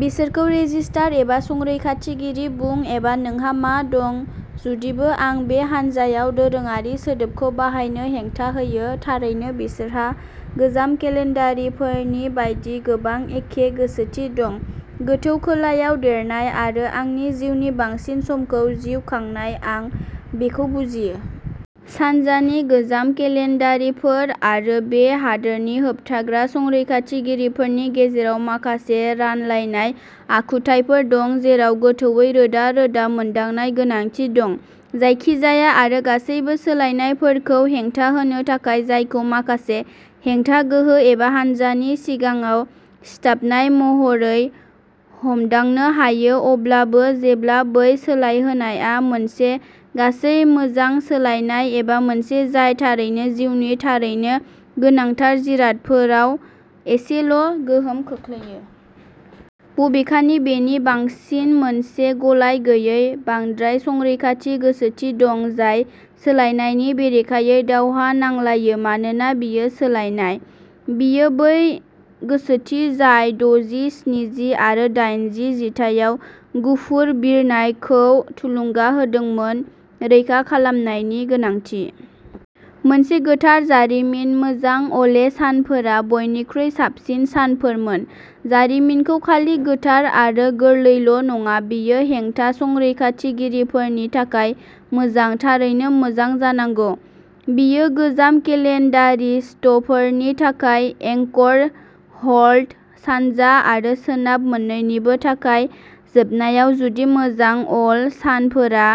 बिसोरखौ "रेजिस्टार" एबा "संरैखाथिगिरि" बुं एबा नोंहा मा दं जुदिबो आं बे हान्जायाव "दोरोङारि" सोदोबखौ बाहायनो हेंथा होयो। थारैनो बिसोरहा गोजाम केलेन्डारारिफोरनि बायदि गोबां एखे गोसोथि दं। गोथौ खोलायाव देरनाय आरो आंनि जिउनि बांसिन समखौ जिउ खांनाय आं बेखौ बुजियो। सानजानि गोजाम केलेन्डारारिफोर आरो बे हादोरनि होबथाग्रा संरैखाथिगिरिफोरनि गेजेराव माखासे रानलायनाय आखुथायफोर दं जेराव गोथौवै रोदा-रोदा मोनदांनाय-गोनांथि दं जायखिजाया आरो गासिबो सोलायनायफोरखौ हेंथा होनो थाखाय जायखौ माखासे हेंथा गोहो एबा हान्जानि सिगाङाव सिथाबनाय महरै हमदांनो हायो अब्लाबो जेब्ला बै सोलायनायआ मोनसे गासै मोजां सोलायनाय एबा मोनसे जाय थारैनो जिउनि थारैनो गोनांथार जिरादफोराव एसेल' गोहोम खोख्लैयो। बबेखानि बेनि बांसिन मोनसे गलायगैयै बांद्राय-संरैखाथि गोसोथि दं जाय सोलायनायनि बेरेखायै दावहा नांलायो मानोना बेयो सोलायनाय। बेयो बै गोसोथि जाय दजि, स्निजि आरो डाइनजि जिथाइयाव "गुफुर बिरनाय" खौ थुलुंगा होदोंमोन। रैखा खालामनायनि गोनांथि। मोनसे गोथार जारिमिन। मोजां अले सानफोरा बयनिख्रुइ साबसिन सानफोरमोन। जारिमिनखौ खालि गोथार आरो गोरलैल' नङा बेयो हेंथा-संरैखाथिगिरिफोरनि थाखाय मोजां थारैनो मोजां जानांगौ। बेयो गोजाम केलेन्डारिस्टफोरनि थाखाय एंकर-होल्ड सानजा आरो सोनाब मोन्नैनिबो थाखाय जोबनायाव जुदि मोजां अले सानफोरा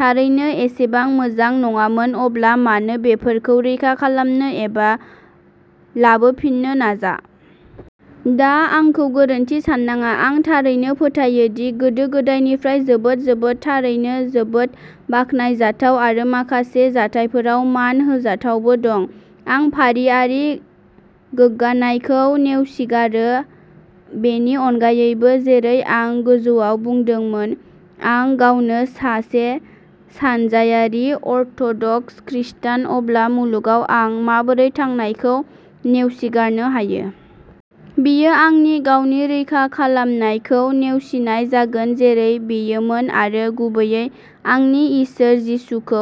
थारैनो एसेबां मोजां नङामोन अब्ला मानो बेफोरखौ रैखा खालामनो एबा लाबोफिननो नाजा? दा आंखौ गोरोन्थि साननाङा। आं थारैनो फोथायो दि गोदो-गोदायनिफ्राय जोबोद जोबोद थारैनो जोबोद बाखनायजाथाव आरो माखासे जाथायफोराव मान होजाथावबो दं। आं फारिआरि गोग्गानायखौ नेवसिगारो बेनि अनगायैबो जेरै आं गोजौआव बुंदोंमोन आं गावनो सासे सानजायारि अर्थ'डक्स खृस्टान अब्ला मुलुगाव आं माबोरै थांनायखौ नेवसिगारनो हायो? बेयो आंनि गावनि रैखा खालामनायखौ नेवसिनाय जागोन जेरै बेयोमोन आरो गुबैयै आंनि इसोर जिसुखौ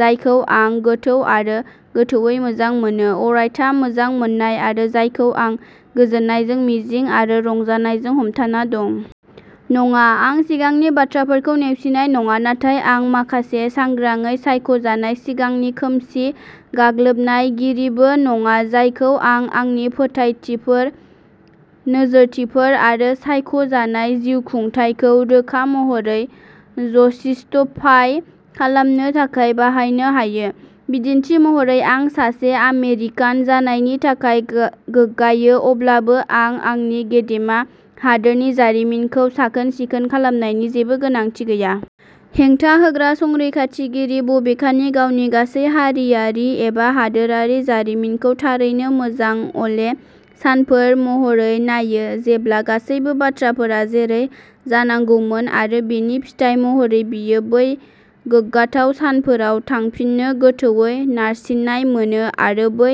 जायखौ आं गोथौ आरो गोथौवै मोजां मोनो। अरायथा मोजां मोननाय आरो जायखौ आं गोजोननायजों मिजिं आरो रंजानायजों हमथाना दं। नङा, आं सिगांनि बाथ्राफोरखौ नेवसिनाय नङा नाथाय आं माखासे सांग्राङै सायख'जानाय सिगांनि खोमसि गोग्गानायगिरिबो नङा जायखौ आं आंनि फोथायथिफोर नोजोरथिफोर आरो सायख' जानाय जिउखुंथायखौ रोखा महरै जस्टिफाइ खालामनो थाखाय बाहायनो हायो। बिदिन्थि महरै आं सासे आमेरिकान जानायनि थाखाय गोग्गायो अब्लाबो आं आंनि गेदेमा हादोरनि जारिमिनखौ "साखोन-सिखोन" खालामनायनि जेबो गोनांथि गैया। हेंथा होग्रा-संरैखाथिगिरि बबेखानि गावनि गासै हारियारि एबा हादोरारि जारिमिनखौ थारैनो "मोजां अ'ले सानफोर" महरै नायो जेब्ला गासैबो बाथ्राफोरा जेरै जानांगौमोन आरो बेनि फिथाइ महरै बियो बै गोग्गाथाव सानफोराव थांफिननो गोथौवै नारसिननाय मोनो आरो बै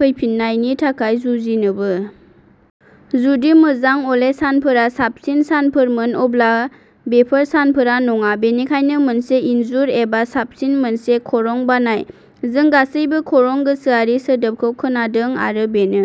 फैफिन्नायनि थाखाय जुजिनोबो। जुदि मोजां अले सानफोरा साबसिन सानफोरमोन अब्ला बेफोर सानफोरा नङा। बेनिखायनो मोनसे इनजुर एबा साबसिन मोनसे खरं बानाय। जों गासैबो "खरं गोसोआरि" सोदोबखौ खोनादों आरो बेनो।